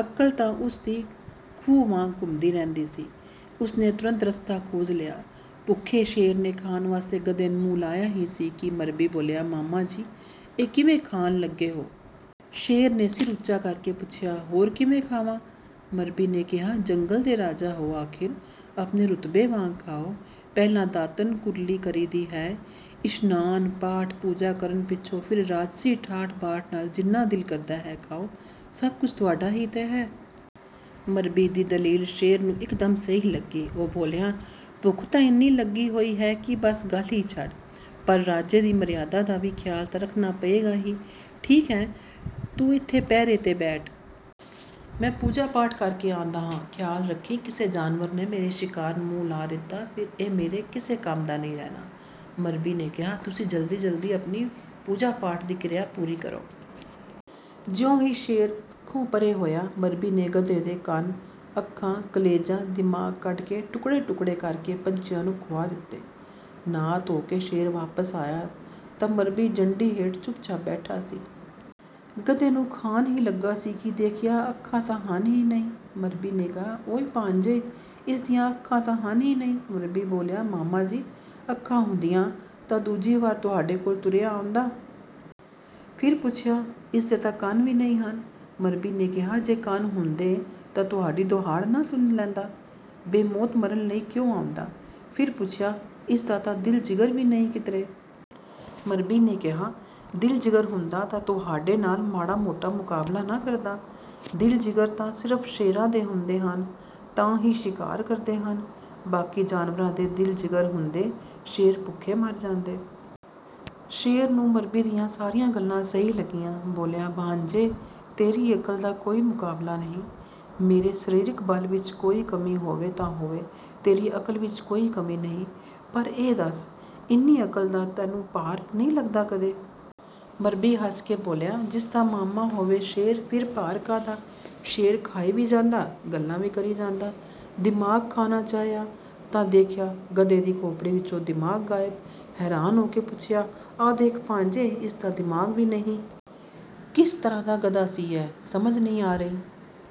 ਅਕਲ ਤਾਂ ਉਸ ਦੀ ਖੂਹ ਵਾਂਗ ਘੁੰਮਦੀ ਰਹਿੰਦੀ ਸੀ। ਉਸ ਨੇ ਤੁਰੰਤ ਰਸਤਾ ਖੋਜ ਲਿਆ। ਭੁੱਖੇ ਸ਼ੇਰ ਨੇ ਖਾਣ ਵਾਸਤੇ ਗਧੇ ਨੂੰ ਮੂੰਹ ਲਾਇਆ ਹੀ ਸੀ ਕਿ ਮਰੱਬੀ ਬੋਲਿਆ, "ਮਾਮਾ ਜੀ, ਇਹ ਕਿਵੇਂ ਖਾਣ ਲੱਗੇ ਹੋ?" ਸ਼ੇਰ ਨੇ ਸਿਰ ਉੱਚਾ ਕਰ ਕੇ ਪੁੱਛਿਆ, "ਹੋਰ ਕਿਵੇਂ ਖਾਵਾਂ?" ਮਰਬੀ ਨੇ ਕਿਹਾ, "ਜੰਗਲ ਦੇ ਰਾਜਾ ਹੋ ਆਖਰ, ਆਪਣੇ ਰੁਤਬੇ ਵਾਂਗ ਖਾਓ। ਪਹਿਲਾਂ ਦਾਤਣ-ਕੁਰਲੀ ਕਰੀਦੀ ਹੈ, ਇਸ਼ਨਾਨ, ਪਾਠ-ਪੂਜਾ ਕਰਨ ਪਿੱਛੋਂ ਫਿਰ ਰਾਜਸੀ ਠਾਠ-ਬਾਠ ਨਾਲ ਜਿੰਨਾ ਦਿਲ ਕਰਦਾ ਹੈ ਖਾਓ, ਸਭ ਕੁਝ ਤੁਹਾਡਾ ਹੀ ਤਾਂ ਹੈ।" ਮਰੱਬੀ ਦੀ ਦਲੀਲ ਸ਼ੇਰ ਨੂੰ ਇੱਕਦਮ ਸਹੀ ਲੱਗੀ। ਉਹ ਬੋਲਿਆ, "ਭੁੱਖ ਤਾਂ ਇੰਨੀ ਲੱਗੀ ਹੋਈ ਹੈ ਕਿ ਬੱਸ ਗੱਲ ਹੀ ਛੱਡ, ਪਰ ਰਾਜੇ ਦੀ ਮਰਿਆਦਾ ਦਾ ਵੀ ਖਿਆਲ ਤਾਂ ਰੱਖਣਾ ਪਏਗਾ ਹੀ। ਠੀਕ ਹੈ, ਤੂੰ ਇੱਥੇ ਪਹਿਰੇ 'ਤੇ ਬੈਠ। ਮੈਂ ਪੂਜਾ-ਪਾਠ ਕਰ ਕੇ ਆਉਂਦਾ ਹਾਂ। ਖਿਆਲ ਰੱਖੀਂ, ਕਿਸੇ ਜਾਨਵਰ ਨੇ ਮੇਰੇ ਸ਼ਿਕਾਰ ਨੂੰ ਮੂੰਹ ਲਾ ਦਿੱਤਾ, ਫਿਰ ਇਹ ਮੇਰੇ ਕਿਸੇ ਕੰਮ ਦਾ ਨਹੀਂ ਰਹਿਣਾ।" ਮਰੱਬੀ ਨੇ ਕਿਹਾ, "ਤੁਸੀਂ ਜਲਦੀ ਆਪਣੀ ਪੂਜਾ-ਪਾਠ ਦੀ ਕਿਰਿਆ ਪੂਰੀ ਕਰੋ।" ਜਿਉਂ ਹੀ ਸ਼ੇਰ ਅੱਖੋਂ ਪਰ੍ਹੇ ਹੋਇਆ, ਮਰੱਬੀ ਨੇ ਗਧੇ ਦੇ ਕੰਨ, ਅੱਖਾਂ, ਕਲੇਜਾ, ਦਿਮਾਗ ਕੱਢ ਕੇ ਟੁਕੜੇ-ਟੁਕੜੇ ਕਰ ਕੇ ਪੰਛੀਆਂ ਨੂੰ ਖੁਆ ਦਿੱਤੇ। ਨਹਾ-ਧੋ ਕੇ ਸ਼ੇਰ ਵਾਪਸ ਆਇਆ ਤਾਂ ਮਰੱਬੀ ਜੰਡੀ ਹੇਠ ਚੁੱਪ-ਚਾਪ ਬੈਠਾ ਸੀ। ਗਧੇ ਨੂੰ ਖਾਣ ਲੱਗਾ ਹੀ ਸੀ ਕਿ ਦੇਖਿਆ, ਅੱਖਾਂ ਤਾਂ ਹਨ ਹੀ ਨਹੀਂ। ਮਰਬੀ ਨੂੰ ਕਿਹਾ, "ਓਏ ਭਾਣਜੇ, ਇਸ ਦੀਆਂ ਅੱਖਾਂ ਤਾਂ ਹਨ ਨਹੀਂ?" ਮਰਬੀ ਬੋਲਿਆ, "ਮਾਮਾ ਜੀ, ਅੱਖਾਂ ਹੁੰਦੀਆਂ ਤਾਂ ਦੂਜੀ ਵਾਰ ਤੁਹਾਡੇ ਕੋਲ ਤੁਰਿਆ ਆਉਂਦਾ?" ਫਿਰ ਪੁੱਛਿਆ, "ਇਸ ਦੇ ਤਾਂ ਕੰਨ ਵੀ ਨਹੀਂ?" ਮਰੱਬੀ ਨੇ ਕਿਹਾ, "ਜੇ ਕੰਨ ਹੁੰਦੇ ਤਾਂ ਤੁਹਾਡੀ ਦਹਾੜ ਨਾ ਸੁਣ ਲੈਂਦਾ? ਬੇਮੌਤ ਮਰਨ ਲਈ ਕਿਉਂ ਆਉਂਦਾ?" ਫਿਰ ਪੁੱਛਿਆ, "ਇਸ ਦਾ ਤਾਂ ਦਿਲ-ਜਿਗਰ ਵੀ ਨਹੀਂ ਕਿਧਰੇ?" ਮਰੱਬੀ ਨੇ ਕਿਹਾ, "ਦਿਲ-ਜਿਗਰ ਹੁੰਦਾ ਤਾਂ ਤੁਹਾਡੇ ਨਾਲ ਮਾੜਾ-ਮੋਟਾ ਮੁਕਾਬਲਾ ਨਾ ਕਰਦਾ? ਦਿਲ-ਜਿਗਰ ਤਾਂ ਸਿਰਫ਼ ਸ਼ੇਰਾਂ ਦੇ ਹੁੰਦੇ ਹਨ, ਤਾਂ ਹੀ ਸ਼ਿਕਾਰ ਕਰਦੇ ਹਨ। ਬਾਕੀ ਜਾਨਵਰਾਂ ਦੇ ਦਿਲ-ਜਿਗਰ ਹੁੰਦੇ, ਸ਼ੇਰ ਭੁੱਖੇ ਮਰ ਜਾਂਦੇ!" ਸ਼ੇਰ ਨੂੰ ਮਰੱਬੀ ਦੀਆਂ ਸਾਰੀਆਂ ਗੱਲਾਂ ਸਹੀ ਲੱਗੀਆਂ, ਬੋਲਿਆ, "ਭਾਣਜੇ, ਤੇਰੀ ਅਕਲ ਦਾ ਕੋਈ ਮੁਕਾਬਲਾ ਨਹੀਂ। ਮੇਰੇ ਸਰੀਰਕ ਬਲ ਵਿੱਚ ਕੋਈ ਕਮੀ ਹੋਵੇ ਤਾਂ ਹੋਵੇ, ਤੇਰੀ ਅਕਲ ਵਿੱਚ ਕੋਈ ਕਮੀ ਨਹੀਂ। ਪਰ ਇਹ ਦੱਸ, ਇੰਨੀ ਅਕਲ ਦਾ ਤੈਨੂੰ ਭਾਰ ਨਹੀਂ ਲੱਗਦਾ ਕਦੇ?" ਮਰੱਬੀ ਹੱਸ ਕੇ ਬੋਲਿਆ, "ਜਿਸ ਦਾ ਮਾਮਾ ਹੋਵੇ ਸ਼ੇਰ, ਫਿਰ ਭਾਰ ਕਾਹਦਾ?" ਸ਼ੇਰ, ਖਾਈ ਵੀ ਜਾਂਦਾ, ਗੱਲਾਂ ਵੀ ਕਰੀ ਜਾਂਦਾ। ਦਿਮਾਗ ਖਾਣਾ ਚਾਹਿਆ ਤਾਂ ਦੇਖਿਆ, ਗਧੇ ਦੀ ਖੋਪੜੀ ਵਿੱਚੋਂ ਦਿਮਾਗ ਗਾਇਬ ਹੈ। ਹੈਰਾਨ ਹੋ ਕੇ ਪੁੱਛਿਆ, "ਆਹ ਦੇਖ ਭਾਣਜੇ, ਇਸ ਦਾ ਦਿਮਾਗ ਵੀ ਨਹੀਂ। ਕਿਸ ਤਰ੍ਹਾਂ ਦਾ ਗਧਾ ਸੀ ਇਹ, ਸਮਝ ਨਹੀਂ ਆ ਰਹੀ?"